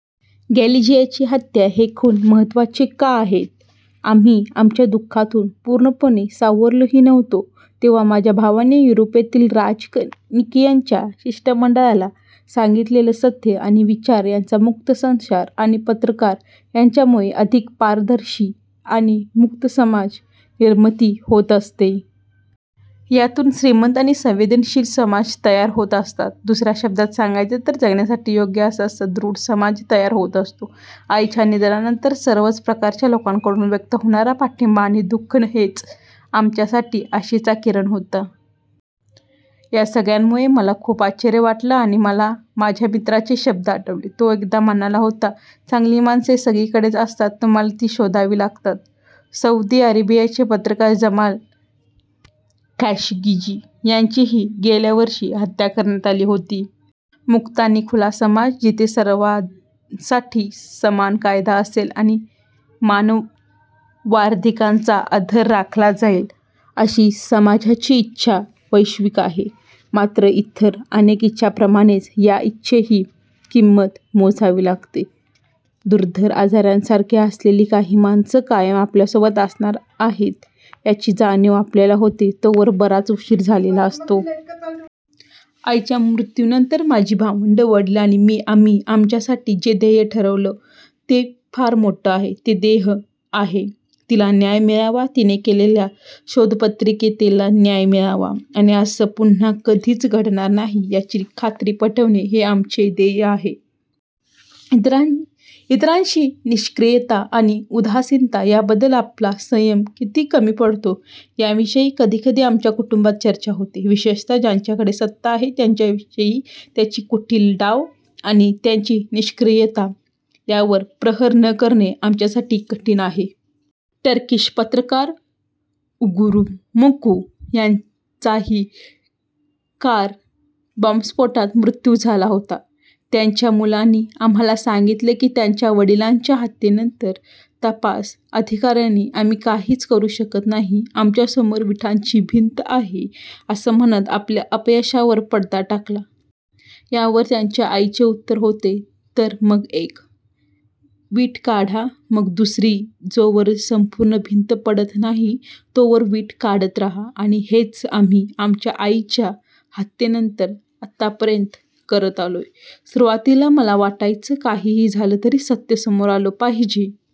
गॅलिझियाची हत्या हे खून महत्त्वाचे का आहेत? आम्ही आमच्या दुःखातून पूर्णपणे सावरलोही नव्हतो, तेव्हा माझ्या भावाने युरोपातील राजनयिकांच्या शिष्टमंडळाला सांगितलं सत्य आणि विचार यांचा मुक्त संचार आणि पत्रकार यांच्यामुळे अधिक पारदर्शी आणि मुक्त समाज निर्मिती होत असते. यातून श्रीमंत आणि संवेदनशील समाज तयार होत असतात. दुसऱ्या शब्दात सांगायचं तर जगण्यासाठी योग्य असा सुदृढ समाज तयार होत असतो. आईच्या निधनानंतर सर्वच प्रकारच्या लोकांकडून व्यक्त होणारा पाठिंबा आणि दुःख हेच आमच्यासाठी आशेचा किरण होते. या सगळ्यामुळे मला खूप आश्चर्य वाटलं आणि मला माझ्या मित्राचे शब्द आठवले. तो एकदा म्हणाला होता चांगली माणसं सगळीकडेच असतात. तुम्हाला ती शोधावी लागतात. सौदी अरेबियाचे पत्रकार जमाल खाशोग्जी यांचीही गेल्या वर्षी हत्या करण्यात आली होती. मुक्त आणि खुला समाज, जिथे सर्वांसाठी समान कायदा असेल आणि मानवाधिकारांचा आदर राखला जाईल, अशा समाजाची इच्छा वैश्विक आहे. मात्र इतर अनेक इच्छांप्रमाणेच या इच्छेचीही किंमत मोजावी लागते. दुर्धर आजारांसारखी असलेली काही माणसं कायम आपल्यासोबत असणारच आहेत, याची जाणीव आपल्याला होते तोवर बराच उशीर झालेला असतो. आईच्या मृत्यूनंतर माझी भावंड, वडील आणि मी आम्ही आमच्यासाठी जे ध्येय ठरवलं ते फार मोठं आहे. ते ध्येय आहे, तिला न्याय मिळावा, तिने केलेल्या शोधपत्रकारितेला न्याय मिळावा आणि असं पुन्हा कधीच घडणार नाही, याची खात्री पटवणे, हे आमचं ध्येय आहे. इतरांची निष्क्रियता आणि उदासीनता याबद्दल आपला संयम किती कमी पडतो, याविषयी कधीकधी आमच्या कुटुंबात चर्चा होते. विशेषतः ज्यांच्याकडे सत्ता आहे त्यांच्याविषयी. त्यांचे कुटील डाव आणि त्यांची निष्क्रियता यावर प्रहार न करणं, आमच्यासाठी कठीण आहे. टर्किश पत्रकार उगूर मम्कू यांचाही कार बाँबस्फोटात मृत्यू झाला होता. त्यांच्या मुलांनी आम्हाला सांगितलं की त्यांच्या वडिलांच्या हत्येनंतर तपास अधिकाऱ्यांनी आम्ही काहीच करू शकत नाही. आमच्या समोर विटांची भिंत आहे असं म्हणत आपल्या अपयशावर पडदा टाकला. यावर त्यांच्या आईचं उत्तर होतं तर मग एक वीट काढा, मग दुसरी, जोवर संपूर्ण भिंत पडत नाही, तोवर वीट काढत राहा. आणि हेच आम्ही आमच्या आईच्या हत्येनंतर आतापर्यंत करत आलोय. सुरुवातीला मला वाटायचं काहीही झालं तरी सत्य समोर आलं पाहिजे.